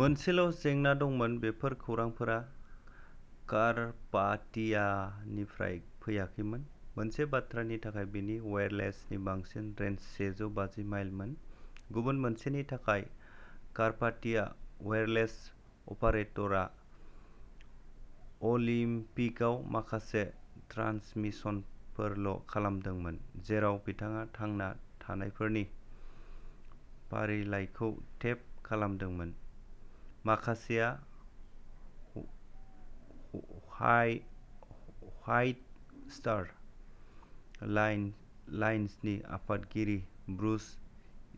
मोनसेल'जेंना दंमोन बेफोर खौरांफोरा कार्पाथियानिफ्राय फैयाखैमोन। मोनसे बाथ्रानि थाखाय बिनि अवाइरलेसनि बांसिन रेन्ज सेजौ बाजि माइलमोन। गुबुन मोनसेनि थाखाय, कार्पाथिया अवाइरलेस अपारेटरआ अलिम्पिकआव माखासे ट्रान्समिसनफोरल'खालामदोंमोन जेराव बिथाङा थांना थानायफोरनि फारिलाइखौ टेप खालामदोंमोन, माखासेआ व्हाइट व्हाइट स्टार ला-लाइन्सनि आफादगिरि ब्रुस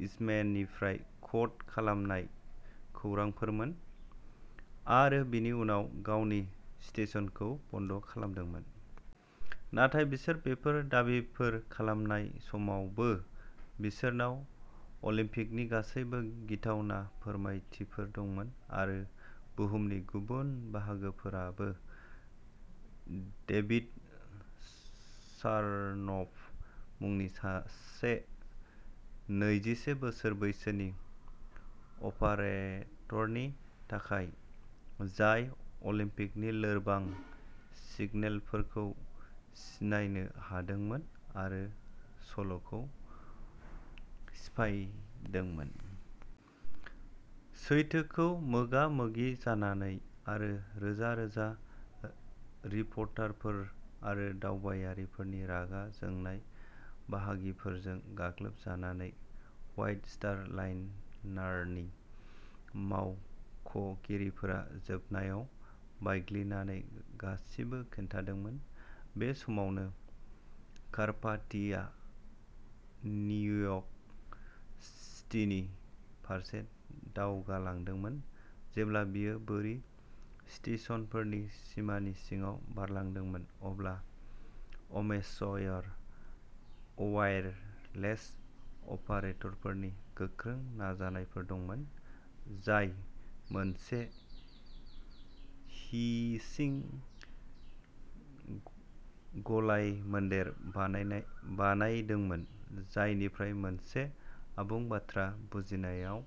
इस्मेनिफ्राय क'ड खालामनाय खौरांफोरमोन, आरो बिनि उनाव गावनि स्टेशनखौ बन्द खालामदोंमोन। नाथाय बिसोर बेफोर दाबिफोर खालामनाय समावबो, बिसोरनाव अलिम्पिकनि गासैबो गिथावना फोरमायथिफोर दंमोन। आरो बुहुमनि गुबुन बाहागोफोराबो, डेभिड सार्नफ मुंनि सासे नैजिसे बोसोर बैसोनि अपारेटरनि थाखाय, जाय अलिम्पिकनि लोरबां सिगनेलफोरखौ सिनायनो हादोंमोन आरो सल'खौ सिफायदोंमोन। सैथोखौ मोगा-मोगि जानानै आरो रोजा-रोजा रिपर्टारफोर आरो दावबायारिफोरनि रागा जोंनाय बाहागिफोरजों गाग्लोबजानानै, व्हाइट स्टार लाइनारनि मावख'गिरिफोरा जोबनायाव बायग्लिनानै गासिबो खिन्थादोंमोन। बे समावनो, कार्पाथियाआ निउयर्क सिटिनि फारसे दावगालांदोंमोन। जेब्ला बियो बोरि स्टेशनफोरनि सिमानि सिङाव बारलांदोंमोन, अब्ला अमेच्योर अवाइरलेस अपारेटरफोरनि गोख्रों नाजानायफोर दंमोन जाय मोनसे हिसिं गलायमोनदेर बानायनाय बानायदोंमोन जायनिफ्राय मोनसे आबुं बाथ्रा बुजिनायाव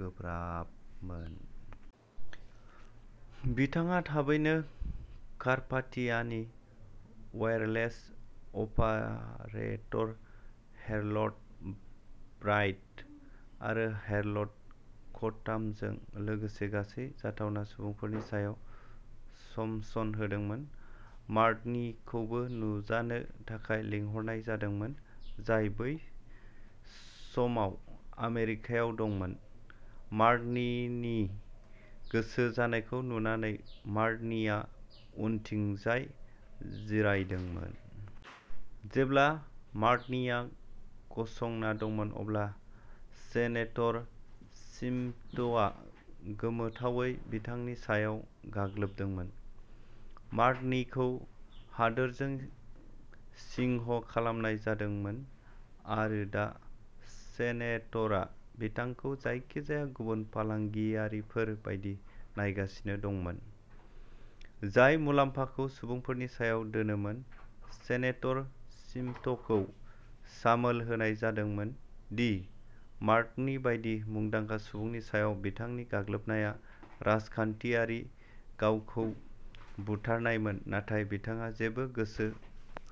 गोब्राबमोन। बिथाङा थाबैनो कार्पाथियानि वायरलेस अपारेटर हेरल्ड ब्राइड आरो हेरल्ड कटामजों लोगोसे गासै जाथावना सुबुंफोरनि सायाव समन्स होदोंमोन। मार्क'नीखौबो नुजानो थाखाय लिंहरनाय जादोंमोन, जाय बै समाव आमेरिकायाव दंमोन। मार्क'नीनि गोसो जानायखौ नुनानै मार्क'नीआ उनथिंजाय जिरायदोंमोन। जेब्ला मार्क'नीआ गसंना दंमोन अब्ला सेनेटर स्मिथआ गोमोथावै बिथांनि सायाव गाग्लोबदोंमोन। मार्क'नीखौ हादोरजों सिंह खालामनाय जादोंमोन आरो दा सेनेटरआ बिथांखौ जायखिजाया गुबुन फालांगियारिफोर बायदि नायगासिनो दंमोन, जाय मुलाम्फाखौ सुबुंफोरनि सायाव दोनोमोन। सेनेटर स्मिथखौ सामोल होनाय जादोंमोन दि मार्क'नी बायदि मुंदांखा सुबुंनि सायाव बिथांनि गाग्लोबनाया राजखान्थियारि गावखौ बुथारनायमोन, नाथाय बिथाङा जेबो गोसो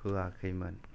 होआखैमोन।